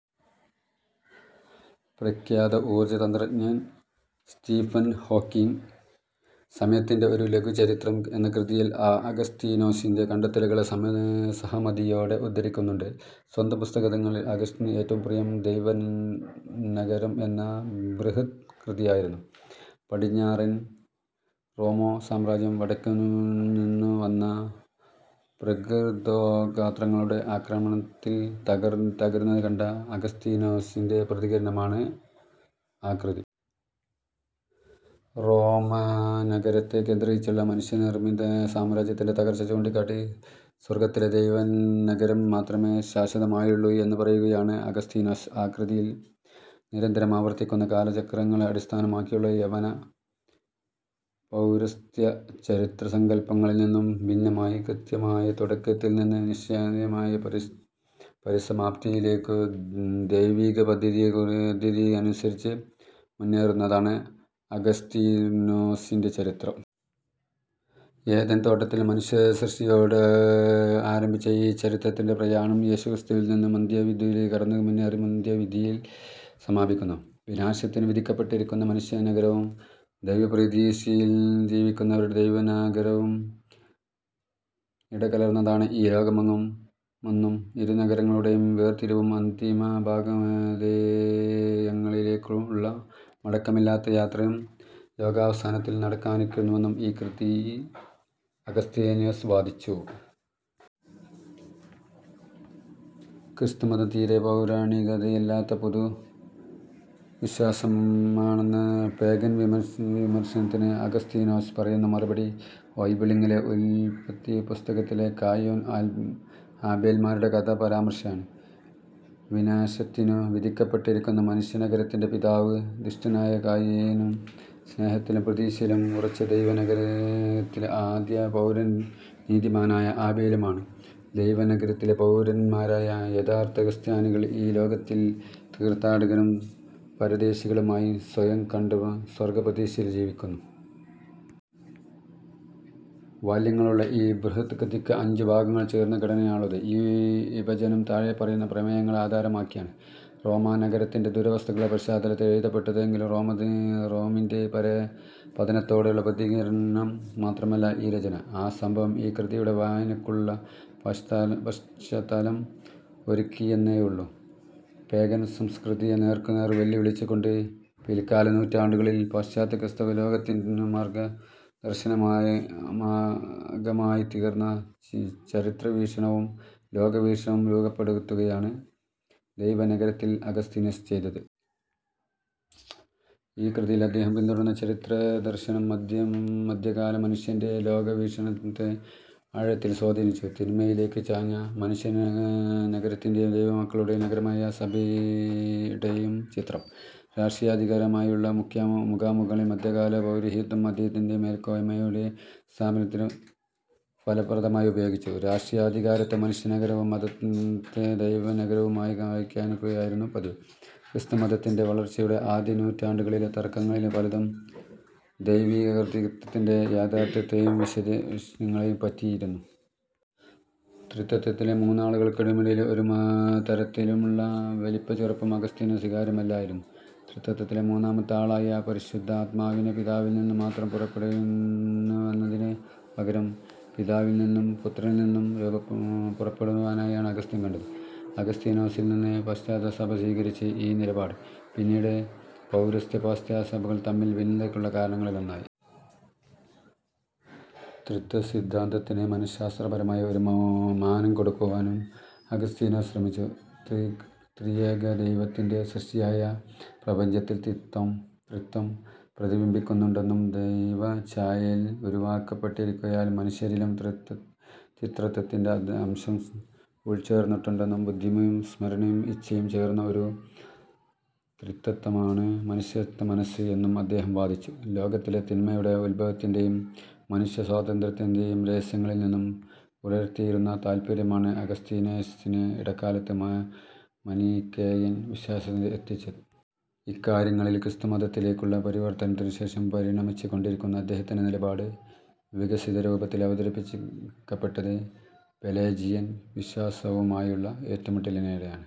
പ്രഖ്യാത ഊർജ്ജതന്ത്രജ്ഞൻ Stephen Hawking, സമയത്തിന്റെ ഒരു ലഘു ചരിത്രം എന്ന കൃതിയിൽ അഗസ്തീനോസിന്റെ കണ്ടെത്തലുകളെ സഹമതിയോടെ ഉദ്ധരിക്കുന്നുണ്ട്. സ്വന്തം പുസ്തകങ്ങളിൽ അഗസ്റ്റിന് ഏറ്റവും പ്രിയം ദൈവനഗരം എന്ന ബൃഹത്കൃതിയായിരുന്നു. പടിഞ്ഞാറൻ റോമാ സാമ്രാജ്യം, വടക്കുനിന്നു വന്ന 'പ്രാകൃതഗോത്രങ്ങളുടെ' ആക്രമണത്തിൽ തകരുന്നത് കണ്ട അഗസ്തീനോസിന്റെ പ്രതികരണമാണ് ആ കൃതി. റോമാനഗരത്തെ കേന്ദ്രീകരിച്ചുള്ള മനുഷ്യനിർമ്മിത സാമ്രാജ്യത്തിന്റെ തകർച്ച ചൂണ്ടിക്കാട്ടി, സ്വർഗ്ഗത്തിലെ ദൈവനഗരം മാത്രമേ ശാശ്വതമായുള്ളു എന്ന് പറയുകയാണ് അഗസ്തീനോസ് ആ കൃതിയിൽ. നിരന്തരം ആവർത്തിക്കുന്ന കാലചക്രങ്ങളെ അടിസ്ഥനമാക്കിയുള്ള യവന, പൗരസ്ത്യ ചരിത്രസങ്കല്പങ്ങളിൽ നിന്നു ഭിന്നമായി, കൃത്യമായ തുടക്കത്തിൽ നിന്ന് നിശ്ചിതമായ പരിസമാപ്തിയിലേയ്ക്കു ദൈവികപദ്ധതിയനുസരിച്ച് മുന്നേറുന്നതാണ് അഗസ്തീനോസിന്റെ ചരിത്രം. ഏദേൻ തോട്ടത്തിൽ മനുഷ്യസൃഷ്ടിയോടെ ആരംഭിച്ച ഈ ചരിത്രത്തിന്റെ പ്രയാണം യേശുക്രിസ്തുവിൽ നിന്ന് മദ്ധ്യബിന്ദു കടന്നു മുന്നേറി അന്ത്യവിധിയിൽ സമാപിക്കുന്നു. വിനാശത്തിനു വിധിക്കപ്പെട്ടിരിക്കുന്ന മനുഷ്യനഗരവും, ദൈവപ്രതീക്ഷയിൽ ജീവിക്കുന്നവരുടെ ദൈവനഗരവും ഇടകലർന്നതാണ് ഈ ലോകമെന്നും ഇരുനഗരങ്ങളുടേയും വേർതിരിവും അന്തിമഭാഗധേയങ്ങളിലേയ്ക്കുള്ള മടക്കമില്ലാത്ത യാത്രയും ലോകാവസാനത്തിൽ നടക്കാനിരിക്കുന്നുവെന്നും ഈ കൃതിയിൽ അഗസ്തീനോസ് വാദിച്ചു. ക്രിസ്തുമതം തീരെ പൗരാണികതയില്ലാത്ത പുതുവിശ്വാസമാണെന്ന 'പേഗൻ' വിമർശനത്തിന് അഗസ്തീനോസ് പറയുന്ന മറുപടി ബൈബിളിലെ ഉല്പത്തി പുസ്തകത്തിലെ കായേൻ ആബേൽ-മാരുടെ കഥ പരാമർശിച്ചാണ്. വിനാശത്തിനു വിധിക്കപ്പെട്ടിരിക്കുന്ന മനുഷ്യനഗരത്തിന്റെ പിതാവ് ദുഷ്ടനായ കായേനും സ്നേഹത്തിലും പ്രതീക്ഷയിലും ഉറച്ച ദൈവനഗരത്തിലെ ആദ്യപൗരൻ നീതിമാനായ ആബേലും ആണ്. ദൈവനഗരത്തിലെ പൗരന്മാരായ യഥാർത്ഥ ക്രിസ്ത്യാനികൾ ഈ ലോകത്തിൽ തീർത്ഥാടകരും പരദേശികളുമായി സ്വയം കണ്ട് സ്വർഗ്ഗപ്രതീക്ഷയിൽ ജീവിക്കുന്നു. വാല്യങ്ങളുള്ള ഈ ബൃഹദ്കൃതിയ്ക്ക് അഞ്ചു ഭാഗങ്ങൾ ചേർന്ന ഘടനയാണുള്ളത്. ഈ വിഭജനം താഴെപ്പറയുന്ന പ്രമേയങ്ങളെ ആധാരമാക്കിയാണ്: റോമാനഗരത്തിന്റെ ദുരവസ്ഥയുടെ പശ്ചാത്തലത്തിൽ എഴുതപ്പെട്ടതെങ്കിലും റോമിന്റെ പതനത്തോടുള്ള പ്രതികരണം മാത്രമല്ല ഈ രചന. ആ സംഭവം ഈ കൃതിയുടെ വായനയ്ക്കുള്ള പശ്ചത്താലം ഒരുക്കിയെന്നേയുള്ളു. പേഗൻ സംസ്കൃതിയെ നേർക്കുനേർ വെല്ലുവിളിച്ചുകൊണ്ട്, പിൽക്കാലനൂറ്റാണ്ടുകളിൽ പാശ്ചാത്യക്രൈസ്തവലോകത്തിനു മാർഗ്ഗദർശകമായിത്തീർന്ന ചരിത്രവീക്ഷണവും ലോകവീക്ഷണവും രൂപപ്പെടുത്തുകയാണ് ദൈവനഗരത്തിൽ അഗസ്തീനൊസ് ചെയ്തത്. ഈ കൃതിയിൽ അദ്ദേഹം പിന്തുടർന്ന ചരിത്രദർശനം, മദ്ധ്യകാലമനുഷ്യന്റെ ലോകവീക്ഷണത്തെ ആഴത്തിൽ സ്വാധീനിച്ചു. തിന്മയിലേയ്ക്ക് ചാഞ്ഞ മനുഷ്യനഗരത്തിന്റേയും ദൈവമക്കളുടെ നഗരമായ സഭടേയും ചിത്രം, രാഷ്ടീയാധികാരങ്ങളുമായുള്ള മുഖാമുഖങ്ങളിൽ മദ്ധ്യകാലപൗരോഹിത്യം അതിന്റെ മേൽക്കോയ്മയുടെ സ്ഥാപനത്തിന് ഫലപ്രദമായി ഉപയോഗിച്ചു. രാഷ്ടീയാധികാരത്തെ മനുഷ്യനഗരവും മതത്തെ ദൈവനഗരവും ആയി വ്യാഖ്യാനിക്കുകയായിരുന്നു പതിവ്. ക്രിസ്തുമതത്തിന്റെ വളർച്ചയുടെ ആദ്യനൂറ്റാണ്ടുകളിലെ തർക്കങ്ങളിൽ പലതും ദൈവികത്രിത്വത്തിന്റെ യാഥാർത്ഥ്യത്തേയും വിശദാംശങ്ങളേയും പറ്റിയായിരുന്നു. ത്രിത്വത്തിലെ മൂന്നാളുകൾക്കുമിടയിൽ ഒരുതരത്തിലുമുള്ള വലിപ്പച്ചെറുപ്പം അഗസ്റ്റിന് സ്വീകാര്യമല്ലായിരുന്നു. ത്രിത്വത്തിലെ മൂന്നാമത്തെ ആളായ പരിശുദ്ധാത്മാവിനെ പിതാവിൽ നിന്നു മാത്രം പുറപ്പെടുന്നവനെന്നതിന് പകരം പിതാവിൽ നിന്നും പുത്രനിൽ നിന്നും പുറപ്പെടുന്നവനായാണ് അഗസ്റ്റിൻ കണ്ടത്. അഗസ്തീനോസിൽ നിന്ന് പാശ്ചാത്യസഭ സ്വീകരിച്ച് ഈ നിലപാട്, പിന്നീട് പൗരസ്ത്യ-പാശ്ചാത്യസഭകൾ തമ്മിൽ ഭിന്നതക്കുള്ള കാരണങ്ങളിലൊന്നായി. ത്രിത്വസിദ്ധാന്തത്തിന് മനശാസ്ത്രപരമായ ഒരു മാനം കൊടുക്കുവാനും അഗസ്തീനോസ് ശ്രമിച്ചു. ത്രിയേകദൈവത്തിന്റെ സൃഷ്ടിയായ പ്രപഞ്ചത്തിൽ ത്രിത്വം പ്രതിബിംബിക്കുന്നുണ്ടെന്നും ദൈവഛായയിൽ ഉരുവാക്കപ്പെട്ടിരിക്കയാൽ മനുഷ്യരിലും ത്രിത്വത്തിന്റെ അംശം ഉൾച്ചേർന്നിട്ടുണ്ടെന്നും ബുദ്ധിയും സ്മരണയും ഇച്ഛയും ചേർന്ന ഒരു ത്രിത്വമാണ് മനുഷ്യമനസ്സ് എന്നും അദ്ദേഹം വാദിച്ചു. ലോകത്തിലെ തിന്മയുടെ ഉത്ഭവത്തിന്റേയും മനുഷ്യസ്വാതന്ത്ര്യത്തിന്റേയും രഹസ്യങ്ങളിൽ എന്നും പുലർത്തിയിരുന്ന താത്പര്യമാണ് അഗസ്തീനോസിനെ ഇടക്കാലത്ത് മനിക്കേയൻ വിശ്വാസത്തിൽ എത്തിച്ചത്. ഇക്കാര്യങ്ങളിൽ, ക്രിസ്തുമതത്തിലേയ്ക്കുള്ള പരിവർത്തനത്തിനു ശേഷവും പരിണമിച്ചുകൊണ്ടിരിക്കുന്ന അദ്ദേഹത്തിന്റെ നിലപാട്, വികസിതരൂപത്തിൽ അവതരിപ്പിക്കപ്പെട്ടത് പെലേജിയൻ വിശ്വാസവുമായുള്ള ഏറ്റുമുട്ടലിനിടെയാണ്.